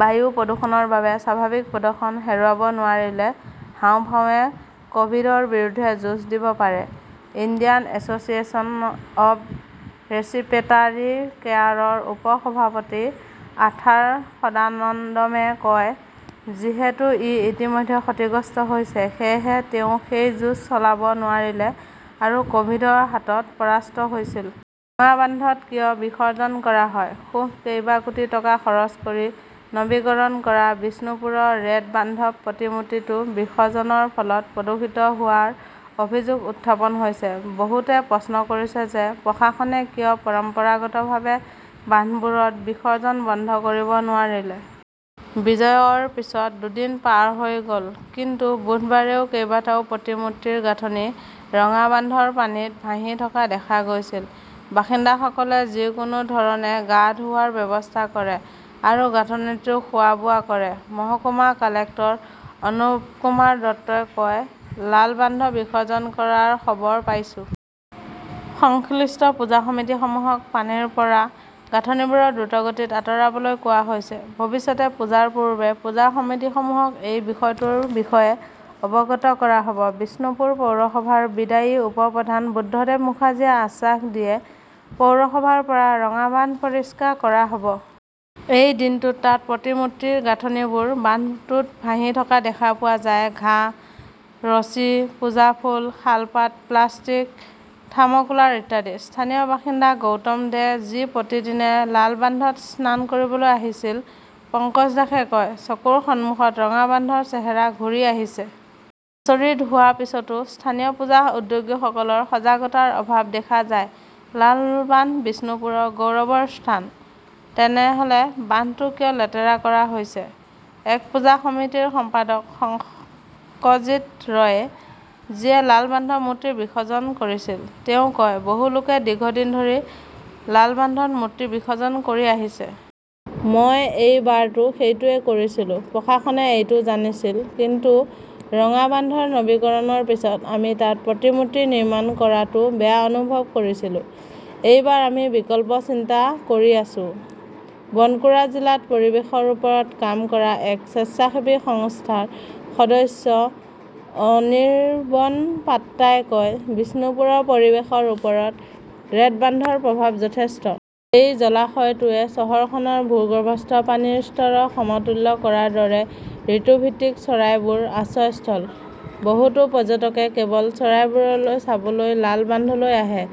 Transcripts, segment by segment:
বায়ু প্ৰদূষণৰ বাবে স্বাভাৱিক প্ৰদৰ্শন হেৰুৱাব নোৱাৰিলে হাঁওফাঁওৱে কভিডৰ বিৰুদ্ধে যুঁজ দিব পাৰে, ইণ্ডিয়ান এছচিয়েশ্যন অৱ ৰেছিপ্ৰেটাৰী কেয়াৰৰ উপ-সভাপতি আৰ্থাৰ সদানন্দমে কয়। যিহেতু ই ইতিমধ্যে ক্ষতিগ্ৰস্ত হৈছে, সেয়েহে তেওঁ সেই যুঁজ চলাব নোৱাৰিলে আৰু কভিডৰ হাতত পৰাস্ত হৈছিল। ৰঙা বান্ধত কিয় বিসৰ্জন কৰা হয়, ক্ষোভ কেইবা কোটি টকা খৰচ কৰি নৱীকৰণ কৰা বিষ্ণুপুৰৰ ৰেড বান্ধৰ প্ৰতিমূৰ্তিটো বিসৰ্জনৰ ফলত দূষিত হোৱাৰ অভিযোগ উত্থাপন হৈছে। বহুতে প্ৰশ্ন কৰিছে যে প্ৰশাসনে কিয় পৰম্পৰাগত ভাৱে বান্ধবোৰত বিসৰ্জন বন্ধ কৰিব নোৱাৰিলে। বিজয়ৰ পিছত দুদিন পাৰ হৈ গল। কিন্তু বুধবাৰেও কেইবাটাও প্ৰতিমূৰ্তিৰ গাঁথনি ৰঙা বান্ধৰ পানীত ভাহি থকা দেখা গৈছিল। বাসিন্দাসকলে যিকোনো ধৰণে গা ধোৱাৰ ব্যৱস্থা কৰে আৰু গাঁথনিটো খোৱা-বোৱা কৰে। মহকুমা কালেক্টৰ অনুপকুমাৰ দত্তই কয়, লাল বান্ধত বিসৰ্জন কৰাৰ খবৰ পাইছো। সংশ্লিষ্ট পূজা সমিতিসমূহক পানীৰ পৰা গাঁথনিবোৰ দ্ৰুতগতিত আঁতৰাবলৈ কোৱা হৈছে। ভৱিষ্যতে পূজাৰ পূৰ্বে পূজা সমিতিসমূহক এই বিষয়টোৰ বিষয়ে অৱগত কৰা হব। বিষ্ণুপুৰ পৌৰসভাৰ বিদায়ী উপ-প্ৰধান বুদ্ধদেৱ মুখাৰ্জীয়ে আশ্বাস দিয়ে, পৌৰসভাৰ পৰা ৰঙা বান্ধ পৰিষ্কাৰ কৰা হব। এই দিনটোত তাত প্ৰতিমূৰ্তিৰ গাঁথনিবোৰ বান্ধটোত ভাহি থকা দেখা পোৱা যায়, ঘাঁহ। ৰছী, পূজা ফুল, শালপাত, প্লাষ্টিক, থাৰ্মোকোল ইত্যাদি। স্থানীয় বাসিন্দা গৌতম দে, যি প্ৰতিদিনে লাল বান্ধত স্নান কৰিবলৈ আহিছিল, পঙ্কজ দাসে কয়, চকুৰ সন্মুখত ৰঙা বান্ধৰ চেহেৰা ঘূৰি আহিছে। আচৰিত হোৱাৰ পিছতো স্থানীয় পূজা উদ্যোগীসকলৰ সজাগতাৰ অভাৱ দেখা যায়, লাল বান্ধ বিষ্ণুপুৰৰ গৌৰৱৰ স্থান। তেনেহলে বান্ধটো কিয় লেতেৰা কৰা হৈছে? এক পূজা সমিতিৰ সম্পাদক শংকজিৎ ৰয়ে, যিয়ে লাল বান্ধত মূৰ্তি বিসৰ্জন কৰিছিল, তেওঁ কয়, বহু লোকে দীৰ্ঘদিন ধৰি লাল বান্ধত মূৰ্তি নিৰ্জন কৰি আহিছে। মই এই বাৰতো সেইটোৱেই কৰিছিলো। প্ৰশাসনে এইটো জানিছিল। কিন্তু ৰঙা বান্ধৰ নৱীকৰণৰ পিছত আমি তাত প্ৰতিমূৰ্তি নিৰ্মাণ কৰাটোও বেয়া অনুভৱ কৰিছিলো। এইবাৰ আমি বিকল্প চিন্তা কৰি আছো। বনকুৰা জিলাত পৰিৱেশৰ ওপৰত কাম কৰা এক স্বেচ্ছাসেৱী সংস্থাৰ সদস্য অনিৰবন পাত্ৰাই কয়, বিষ্ণুপুৰৰ পৰিৱেশৰ ওপৰত ৰেড বান্ধৰ প্ৰভাৱ যথেষ্ট। এই জলাশয়টোৱে চহৰখনৰ ভূগৰ্ভস্থ পানীৰ স্তৰক সমতুল্য কৰাৰ দৰে ঋতুভিত্তিক চৰাইৰো আশ্ৰয়স্থল। বহুতো পৰ্যটকে কেৱল চৰাইবোৰ চাবলৈ লাল বান্ধলৈ আহে।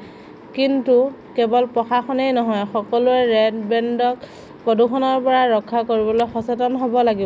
কিন্তু কেৱল প্ৰশাসনই নহয়, সকলোৱে ৰেড বেণ্ডক প্ৰদূষণৰ পৰা ৰক্ষা কৰিবলৈ সচেতন হ 'ব লাগিব।